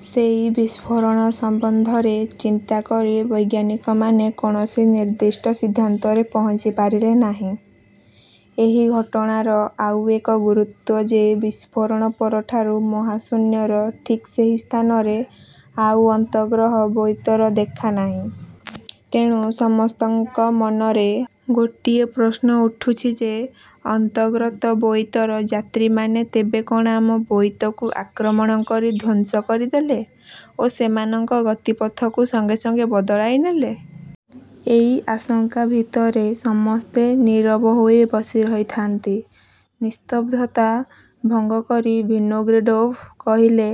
ସେଇ ବିସ୍ଫୋରଣ ସମ୍ବନ୍ଧରେ ଚିନ୍ତା କରି ବୈଜ୍ଞାନିକମାନେ କୌଣସି ନିର୍ଦ୍ଦିଷ୍ଟ ସିଦ୍ଧାନ୍ତରେ ପହଞ୍ଚି ପାରିଲେ ନାହିଁ। ଏହିଘଟଣାର ଆଉ ଏକ ଗୁରୂତ୍ୱ ଯେ ବିସ୍ଫୋରଣ ପରଠାରୁ ମହାଶୂନ୍ୟର ଠିକ୍ ସେହି ସ୍ଥାନରେ ଆଉ ଅନ୍ତର୍ଗ୍ରହ ବୋଇତର ଦେଖା ନାହିଁ। ତେଣୁ ସମସ୍ତଙ୍କ ମନରେ ଗୋଟିଏ ପ୍ରଶ୍ନ ଉଠୁଛି ଯେ, ଅନ୍ତର୍ଗ୍ରତ ବୋଇତର ଯାତ୍ରୀମାନେ ତେବେ କ'ଣଆମ ବୋଇତକୁ ଆକ୍ରମଣ କରି ଧ୍ୱଂସ କରିଦେଲେ ଓ ସେମାନଙ୍କ ଗତିପଥକୁ ସଙ୍ଗେ ସଙ୍ଗେ ବଦଳାଇ ନେଲେ? ଏଇ ଆଶଙ୍କା ଭିତରେ ସମସ୍ତେ ନୀରବ ହୋଇ ବସିରହିଥାନ୍ତି। ନିସ୍ତବ୍ଧତା ଭଙ୍ଗକରି ଭିନୋଗ୍ରେଡ଼ୋଭ୍ କହିଲେ,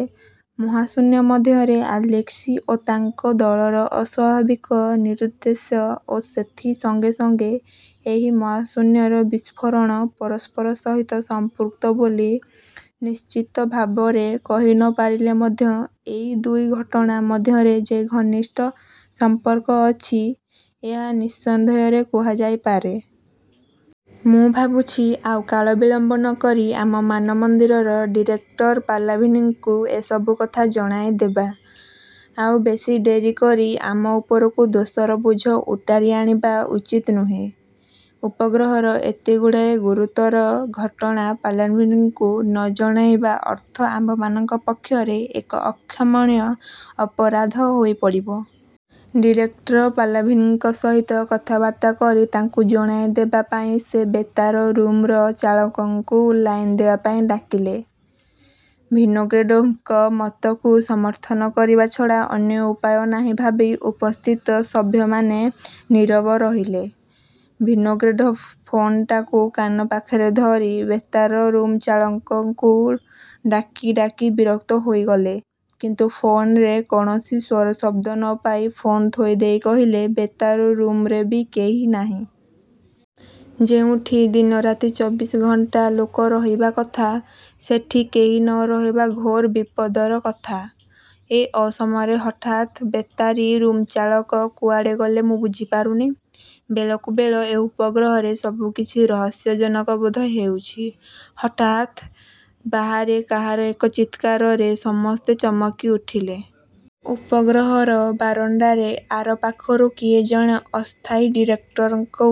''ମହାଶୂନ୍ୟ ମଧ୍ୟରେ ଆଲେସ୍କି ଓ ତାଙ୍କ ଦଳର ଅସ୍ୱାଭାବିକ ନିରୁଦ୍ଦେଶ ଓ ସେଥି ସଙ୍ଗେ; ସଙ୍ଗେ ଏହି ମହାଶୂନ୍ୟର ବିସ୍ଫୋରଣ ପରସ୍ପର ସହିତ ସମ୍ପୃକ୍ତ ବୋଲି ନିଶ୍ଚିତ ଭାବରେ କହି ନ ପାରିଲେ ମଧ୍ୟ ଏହି ଦୁଇ ଘଟଣା ମଧ୍ୟରେ ଯେ ଘନିଷ୍ଠ ସମ୍ପର୍କ ଅଛି, ଏହା ନିଃସନ୍ଦେହରେ କୁହାଯାଇ ପାରେ। ମୁଁ ଭାବୁଛି ଆଉ କାଳବିଳମ୍ବ ନ କରି ଆମ ମାନମନ୍ଦିରର ଡିରେକଟର ପାଲାଭିନ୍ଙ୍କୁ ଏ ସବୁକଥା ଜଣାଇଦେବା। ଆଉ ବେଶୀ ଡେରି କରି ଆମ ଉପରକୁ ଦୋଷର ବୋଝ ଓଟାରି ଆଣିବା ଉଚିତ ନୁହେଁ। ଉପଗ୍ରହର ଏତେଗୁଡ଼ାଏ ଗୁରୁତର ଘଟଣା ପାଲାଭିନ୍ଙ୍କୁ ନ ଜଣାଇବା ଅର୍ଥ ଆମ୍ଭମାନଙ୍କ ପକ୍ଷରେ ଏକ ଅକ୍ଷମଣୀୟ ଅପରାଧ ହୋଇପଡ଼ିବ। '' ଡିରେକଟ୍ର ପାଲାଭିନ୍ଙ୍କ ସହିତ କଥାବାର୍ତ୍ତା କରି ତାଙ୍କୁ ଜଣେଇଦେବା ପାଇଁ ସେ ବେତାର ରୁମ୍ର ଚାଳକଙ୍କୁ ଲାଇନ ଦେବା ପାଇଁ ଡାକିଲେ। ଭିନୋଗ୍ରେଡ଼ୋଭ୍ଙ୍କ ମତକୁ ସମର୍ଥନ କରିବା ଛଡ଼ା ଅନ୍ୟ ଉପାୟ ନାହିଁ ଭାବି ଉପସ୍ଥିତ ସଭ୍ୟମାନେ ନୀରବ ରହିଲେ। ଭିନୋଗ୍ରେଡ଼ୋଭ୍ ଫୋନ୍ଟାକୁ କାନ ପାଖରେ ଧରି ବେତାର ରୁମ୍ଚାଳକଙ୍କୁ ଡାକି ଡାକି ବିରକ୍ତ ହୋଇଗଲେ; କିନ୍ତୁ ଫୋନରେ କୌଣସି ସ୍ୱରଶବ୍ଦ ନ ପାଇ ଫୋନ ଥୋଇଦେଇ କହିଲେ, ''ବେତାର ରୁମ୍ରେ ବି କେହି ନାହିଁ। ଯେଉଁଠି ଦିନରାତି ଚବିଶ ଘଣ୍ଟା ଲୋକ ରହିବା କଥା, ସେଠି କେହି ନ ରହିବା ଘୋର ବିପଦର କଥା। ଏ ଅସମୟରେ ହଠାତ ବେତାରୀ ରୁମ୍ଚାଳକ କୁଆଡ଼େ ଗଲେ ମୁଁ ବୁଝିପାରୁନି। ବେଳକୁ ବେଳ ଏ ଉପଗ୍ରହରେ ସବୁ କିଛି ରହସ୍ୟଜନକ ବୋଧ ହେଉଛି-। '' ହଠାତ୍ ବାହାରେ କାହାର ଏକ ଚିତ୍କାରରେ ସମସ୍ତେ ଚମକି ଉଠିଲେ। ଉପଗ୍ରହର ବାରଣ୍ଡାରେ ଆରପାଖରୁ କିଏ ଜଣେ ଅସ୍ଥାୟୀ ଡିରେକଟରଙ୍କୁ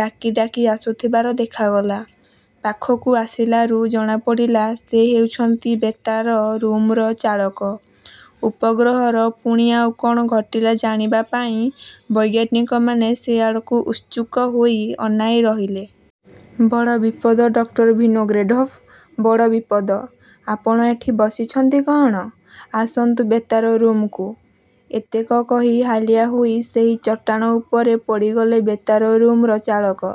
ଡାକି ଡାକି ଆସୁଥିବାର ଦେଖାଗଲା-। ପାଖକୁ ଆସିଲାରୁ ଜଣାପଡ଼ିଲା, ସେ ହେଉଛନ୍ତି ବେତାର ରୁମ୍ର ଚାଳକ। ଉପଗ୍ରହର ପୁଣି ଆଉ କ'ଣ ଘଟିଲା ଜାଣିବା ପାଇଁ ବୈଜ୍ଞାନିକମାନେ ସେ ଆଡ଼କୁ ଉତ୍ସୁକ ହୋଇ ଅନାଇ ରହିଲେ। ''ବଡ଼ ବିପଦ ଡକ୍ଟର ଭିନୋଗ୍ରେଡ଼ୋଭ୍, ବଡ଼ ବିପଦ। ଆପଣ ଏଠି ବସିଛନ୍ତି କଅଣ! ଆସନ୍ତୁ ବେତାର ରୁମ୍କୁ। '' ଏତକ କହି ହାଲିଆ ହୋଇ ସେହି ଚଟାଣ ଉପରେ ପଡ଼ିଗଲେ ବେତାର ରୁମ୍ର ଚାଳକ।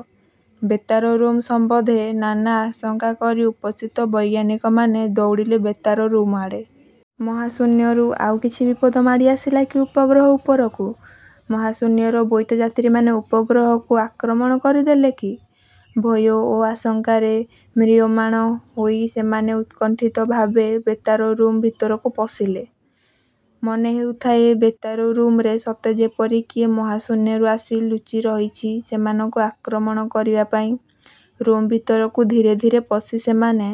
ବେତାର ରୁମ୍ ସମ୍ବନ୍ଧେ ନାନା ଆଶଙ୍କା କରି ଉପସ୍ଥିତ ବୈଜ୍ଞାନିକମାନେ ଦୌଡ଼ିଲେ ବେତାର ରୁମ୍ଆଡ଼େ। ମହାଶୂନ୍ୟରୁ ଆଉ କିଛି ବିପଦ ମାଡ଼ିଆସିଲା କି ଉପଗ୍ରହ ଉପରକୁ? ମହାଶୂନ୍ୟର ବୋଇତଯାତ୍ରୀମାନେ ଉପଗ୍ରହକୁ ଆକ୍ରମଣ କରିଦେଲେ କି? ଭୟ ଓ ଆଶଙ୍କାରେ ମ୍ରିୟମ୍ରାଣ ହୋଇ ସେମାନେ ଉତ୍କଣ୍ଠିତ ଭାବେ ବେତାର ରୁମ୍ ଭିତରକୁ ପଶିଲେ। ମନେ ହେଉଥାଏ, ବେତାର ରୁମ୍ରେ ସତେ ଯେପରି କିଏ ମହାଶୂନ୍ୟରୁ ଆସି ଲୁଚିରହିଛି ସେମାନଙ୍କୁ ଆକ୍ରମଣ କରିବା ପାଇଁ। ରୁମ୍ ଭିତରକୁ ଧୀରେ ଧୀରେ ପଶି ସେମାନେ